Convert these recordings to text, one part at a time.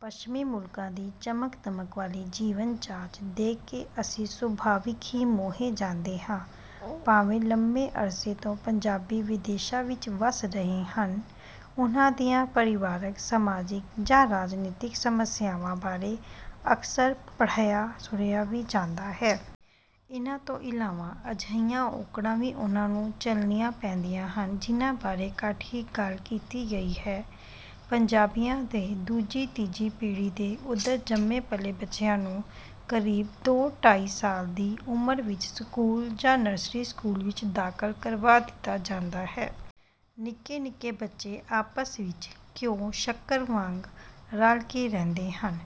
ਪੱਛਮੀ ਮੁਲਕਾਂ ਦੀ ਚਮਕ-ਦਮਕ ਵਾਲੀ ਜੀਵਨ ਜਾਚ ਦੇਖ ਕੇ ਅਸੀਂ ਸੁਭਾਵਿਕ ਹੀ ਮੋਹੇ ਜਾਂਦੇ ਹਾਂ। ਭਾਵੇਂ ਲੰਮੇ ਅਰਸੇ ਤੋਂ ਪੰਜਾਬੀ ਵਿਦੇਸ਼ਾਂ ਵਿੱਚ ਵਸ ਰਹੇ ਹਨ। ਉਨ੍ਹਾਂ ਦੀਆਂ ਪਰਿਵਾਰਕ, ਸਮਾਜਿਕ ਜਾਂ ਰਾਜਨੀਤਕ ਸਮੱਸਿਆਵਾਂ ਬਾਰੇ ਅਕਸਰ ਪੜਿ੍ਹਆ-ਸੁਣਿਆ ਵੀ ਜਾਂਦਾ ਹੈ। ਇਨ੍ਹਾਂ ਤੋਂ ਇਲਾਵਾ ਅਜਿਹੀਆਂ ਔਕੜਾਂ ਵੀ ਉਨ੍ਹਾਂ ਨੂੰ ਝੱਲਣੀਆਂ ਪੈਂਦੀਆਂ ਹਨ ਜਿਨ੍ਹਾਂ ਬਾਰੇ ਘੱਟ ਹੀ ਗੱਲ ਕੀਤੀ ਗਈ ਹੈ। ਪੰਜਾਬੀਆਂ ਦੇ ਦੂਜੀ-ਤੀਜੀ ਪੀੜ੍ਹੀ ਦੇ ਉੱਧਰ ਜੰਮੇ-ਪਲੇ ਬੱਚਿਆਂ ਨੂੰ ਕਰੀਬ ਦੋ-ਢਾਈ ਸਾਲ ਦੀ ਉਮਰ ਵਿੱਚ ਸਕੂਲ ਜਾਂ ਨਰਸਰੀ ਸਕੂਲ ਵਿੱਚ ਦਾਖਲ ਕਰਵਾ ਦਿੱਤਾ ਜਾਂਦਾ ਹੈ। ਨਿੱਕੇ-ਨਿੱਕੇ ਬੱਚੇ ਆਪਸ ਵਿੱਚ ਘਿਓ ਸ਼ੱਕਰ ਵਾਂਗ ਰਲਕੇ ਰਹਿੰਦੇ ਹਨ।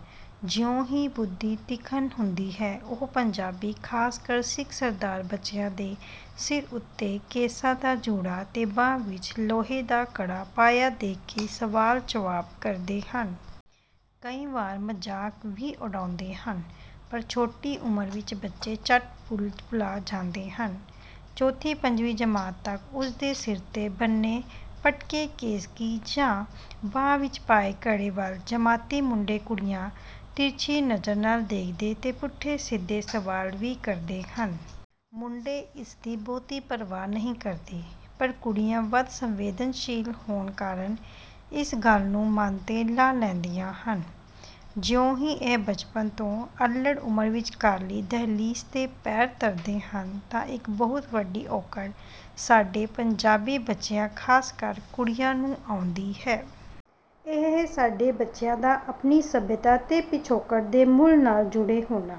ਜਿਉਂ ਹੀ ਬੁੱਧੀ ਤੀਖਣ ਹੁੰਦੀ ਹੈ ਉਹ ਪੰਜਾਬੀ ਖ਼ਾਸ ਕਰ ਸਿੱਖ ਸਰਦਾਰ ਬੱਚਿਆਂ ਦੇ ਸਿਰ ਉੱਤੇ ਕੀਤਾ ਕੇਸਾਂ ਦਾ ਜੂੜਾ ਤੇ ਬਾਂਹ ਵਿੱਚ ਲੋਹੇ ਦਾ ਕੜਾ ਪਾਇਆ ਦੇਖ ਕੇ ਸਵਾਲ-ਜਵਾਬ ਕਰਦੇ ਹਨ। ਕਈ ਵਾਰ ਮਜ਼ਾਕ ਵੀ ਉਡਾਉਂਦੇ ਹਨ, ਪਰ ਛੋਟੀ ਉਮਰ ਵਿੱਚ ਬੱਚੇ ਝੱਟ ਭੁੱਲ-ਭੁਲਾ ਜਾਂਦੇ ਹਨ। ਚੌਥੀ-ਪੰਜਵੀਂ ਜਮਾਤ ਤੱਕ ਉਸ ਦੇ ਸਿਰ 'ਤੇ ਬੰਨ੍ਹੇ ਪਟਕੇ ਕੇਸਕੀ ਜਾਂ ਬਾਂਹ ਵਿੱਚ ਪਾਏ ਕੜੇ ਵੱਲ ਜਮਾਤੀ ਮੁੰਡੇ-ਕੁੜੀਆਂ ਤਿਰਛੀ ਨਜ਼ਰ ਨਾਲ ਦੇਖਦੇ ਤੇ ਪੁੱਠੇ-ਸਿੱਧੇ ਸਵਾਲ ਵੀ ਕਰਦੇ ਹਨ। ਮੁੰਡੇ ਇਸ ਦੀ ਬਹੁਤੀ ਪਰਵਾਹ ਨਹੀਂ ਕਰਦੇ, ਪਰ ਕੁੜੀਆਂ ਵੱਧ ਸੰਵੇਦਨਸ਼ੀਲ ਹੋਣ ਕਾਰਨ ਇਸ ਗੱਲ ਨੂੰ ਮਨ 'ਤੇ ਲਾ ਲੈਂਦੀਆਂ ਹਨ। ਜਿਉਂ ਹੀ ਇਹ ਬਚਪਨ ਤੇ ਅੱਲੜ੍ਹ ਉਮਰ ਵਿਚਕਾਰਲੀ ਦਹਿਲੀਜ਼ 'ਤੇ ਪੈਰ ਧਰਦੇ ਹਨ ਤਾਂ ਇੱਕ ਬਹੁਤ ਵੱਡੀ ਔਕੜ ਸਾਡੇ ਪੰਜਾਬੀ ਬੱਚਿਆਂ ਖ਼ਾਸ ਕਰ ਕੁੜੀਆਂ ਨੂੰ ਆਉਂਦੀ ਹੈ। ਇਹ ਹੈ ਸਾਡੇ ਬੱਚਿਆਂ ਦਾ ਆਪਣੀ ਸੱਭਿਅਤਾ ਤੇ ਪਿਛੋਕੜ ਦੇ ਮੂਲ ਨਾਲ ਜੁੜੇ ਹੋਣਾ।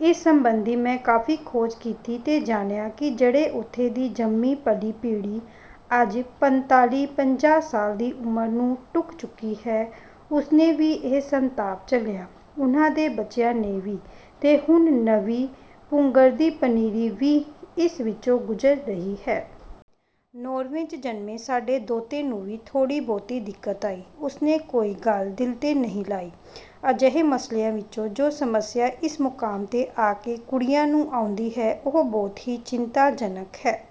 ਇਸ ਸਬੰਧੀ ਮੈਂ ਕਾਫ਼ੀ ਖੋਜ ਕੀਤੀ ਤੇ ਜਾਣਿਆ ਕਿ ਜਿਹੜੀ ਉੱਥੇ ਦੀ ਜੰਮੀ ਪਲੀ ਪੀੜ੍ਹੀ, ਅੱਜ ਪੰਝਤਾਲੀ-ਪੰਜਾਹ ਸਾਲ ਦੀ ਉਮਰ ਨੂੰ ਢੁੱਕ ਚੁੱਕੀ ਹੈ, ਉਸ ਨੇ ਵੀ ਇਹ ਸੰਤਾਪ ਝੱਲਿਆ, ਉਨ੍ਹਾਂ ਦੇ ਬੱਚਿਆਂ ਨੇ ਵੀ ਤੇ ਹੁਣ ਨਵੀਂ ਪੁੰਗਰਦੀਪਨੀਰੀ ਵੀ ਇਸ ਵਿੱਚੋਂ ਗੁਜ਼ਰ ਰਹੀ ਹੈ। ਨੌਰਵੇ 'ਚ ਜਨਮੇ ਸਾਡੇ ਦੋਹਤੇ ਨੂੰ ਵੀ ਥੋੜ੍ਹੀ ਬਹੁਤੀ ਦਿੱਕਤ ਆਈ। ਉਸ ਨੇ ਕੋਈ ਗੱਲ ਦਿਲ 'ਤੇ ਨਹੀਂ ਲਾਈ। ਅਜਿਹੇ ਮਸਲਿਆਂ ਵਿੱਚ ਜੋ ਸਮੱਸਿਆ ਇਸ ਮੁਕਾਮ 'ਤੇ ਆ ਕੇ ਕੁੜੀਆਂ ਨੂੰ ਆਉਂਦੀ ਹੈ ਉਹ ਬਹੁਤ ਹੀ ਚਿੰਤਾਜਨਕ ਹੈ।